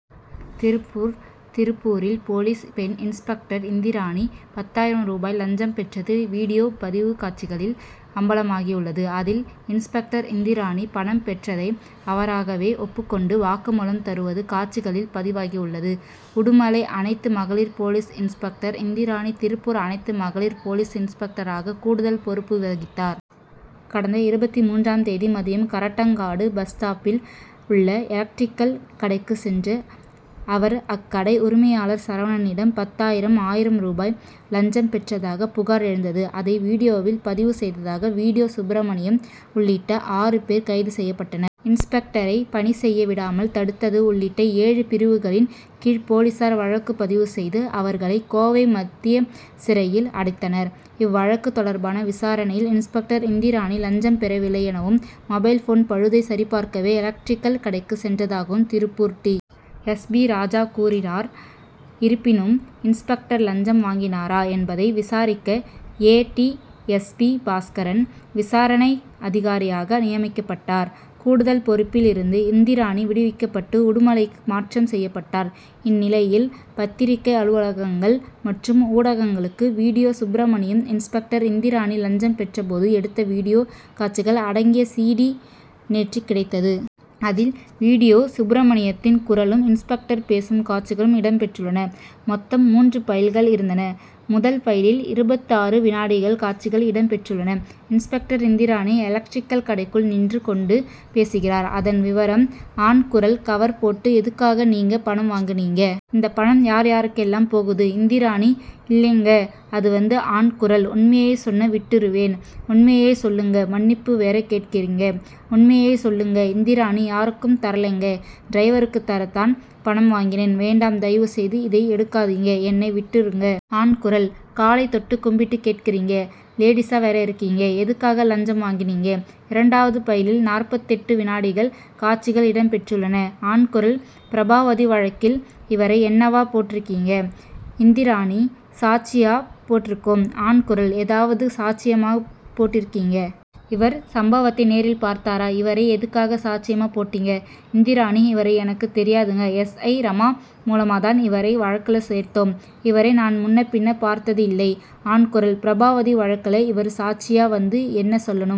திருப்பூர் திருப்பூரில், போலீஸ் பெண் இன்ஸ்பெக்டர் இந்திராணி, பத்தாயிரம் ரூபாய் லஞ்சம் பெற்றது வீடியோ பதிவு காட்சிகளில் அம்பலமாகியுள்ளது; அதில், இன்ஸ்பெக்டர் இந்திராணி, பணம் பெற்றதை அவராகவே ஒப்புக்கொண்டு வாக்குமூலம் தருவது காட்சிகளில் பதிவாகியுள்ளது. உடுமலை அனைத்து மகளிர் போலீஸ் இன்ஸ்பெக்டர் இந்திராணி; திருப்பூர் அனைத்து மகளிர் போலீஸ் இன்ஸ்பெக்டராக கூடுதல் பொறுப்பு வகித்தார். கடந்த இருபத்து மூன்றாம் தேதி மதியம், கரட்டாங்காடு பஸ் ஸ்டாப்பில் உள்ள எலக்ட்ரிக்கல் கடைக்குச் சென்ற அவர், அக்கடை உரிமையாளர் சரவணனிடம், பத்தாயிரம் ஆயிரம் ரூபாய் லஞ்சம் பெற்றதாக புகார் எழுந்தது. அதை "வீடியோ'வில் பதிவு செய்ததாக "வீடியோ' சுப்ரமணியம் உள்ளிட்ட ஆறு பேர் கைது செய்யப்பட்டனர். இன்ஸ்பெக்டரை பணி செய்ய விடாமல் தடுத்தது உள்ளிட்ட ஏழு பிரிவுகளின் கீழ் போலீசார் வழக்கு பதிவு செய்து, அவர்களை கோவை மத்திய சிறையில் அடைத்தனர். இவ்வழக்கு தொடர்பான விசாரணையில், "இன்ஸ்பெக்டர் இந்திராணி லஞ்சம் பெறவில்லை எனவும், மொபைல் போன் பழுதை சரிபார்க்கவே எலக்ட்ரிக்கல் கடைக்கு சென்றதாகவும்,' Tiruppur D. S. P., Raja கூறினார். இருப்பினும், இன்ஸ்பெக்டர் லஞ்சம் வாங்கினாரா என்பதை விசாரிக்க, A. D. S. P., Bhaskaran விசாரணை அதிகாரியாக நியமிக்கப்பட்டார். கூடுதல் பொறுப்பில் இருந்து இந்திராணி விடுவிக்கப்பட்டு, உடுமலைக்கு மாற்றம் செய்யப்பட்டார். இந்நிலையில், பத்திரிகை அலுவலகங்கள் மற்றும் ஊடகங்களுக்கு "வீடியோ' சுப்ரமணியம், இன்ஸ்பெக்டர் இந்திராணி லஞ்சம் பெற்றபோது எடுத்த வீடியோ காட்சிகள் அடங்கிய "சிடி' நேற்று கிடைத்தது. அதில், "வீடியோ' சுப்ரமணியத்தின் குரலும், இன்ஸ்பெக்டர் பேசும் காட்சிகளும் இடம் பெற்றுள்ளன. மொத்தம் மூன்று பைல்கள் இருந்தன. முதல் பைலில் இருபத்தாறு வினாடிகள் காட்சிகள் இடம் பெற்றுள்ளன. இன்ஸ்பெக்டர் இந்திராணி எலக்டரிக்கல் கடைக்குள் நின்று கொண்டு பேசுகிறார். அதன் விவரம்:ஆண் குரல்: கவர் போட்டு எதுக்காக, நீங்க பணம் வாங்குனீங்க? இந்த பணம் யார், யாருக்கெல்லாம் போகுது? இந்திராணி: இல்லீங்க, அதுவந்துஆண் குரல்: உண்மையைச் சொன்னா விட்டுருவேன். உண்மையைச் சொல்லுங்க. மன்னிப்பு வேற கேட்கிறீங்க. உண்மையை சொல்லுங்க. இந்திராணி: யாருக்கும் தரலைங்க; டிரைவருக்கு தரத் தான் பணம் வாங்கினேன். வேண்டாம். தயவு செய்து இதை எடுக்காதீங்க. என்னை விட்டுருங்க. ஆண் குரல்: காலை தொட்டு கும்பிட்டு கேட்கறீங்க. லேடீசா வேற இருக்கீங்க? எதுக்காக, லஞ்சம் வாங்கனீங்க? இரண்டாவது பைலில் நாற்பத்தெட்டு வினாடிகள் காட்சிகள் இடம் பெற்றுள்ளன. ஆண் குரல்: பிரபாவதி வழக்கில் இவரை என்னவா போட்டிருக்கீங்க? இந்திராணி: சாட்சியா போட்டிருக்கோம். ஆண் குரல்: எதாவது, சாட்சியமா போட்டிருக்கீங்க. இவர் சம்பவத்தை நேரில் பார்த்தாரா? இவரை எதுக்காக சாட்சியமா போட்டீங்க? இந்திராணி: இவரை எனக்கு தெரியாதுங்க. எஸ். ஐ., ரமா மூலமா தான் இவரை வழக்குல சேர்த்தோம். இவரை நான் முன்ன பின்ன பார்த்தது இல்லை. ஆண் குரல்: பிரபாவதி வழக்குல இவரு சாட்சியா வந்து என்ன சொல்லணும்?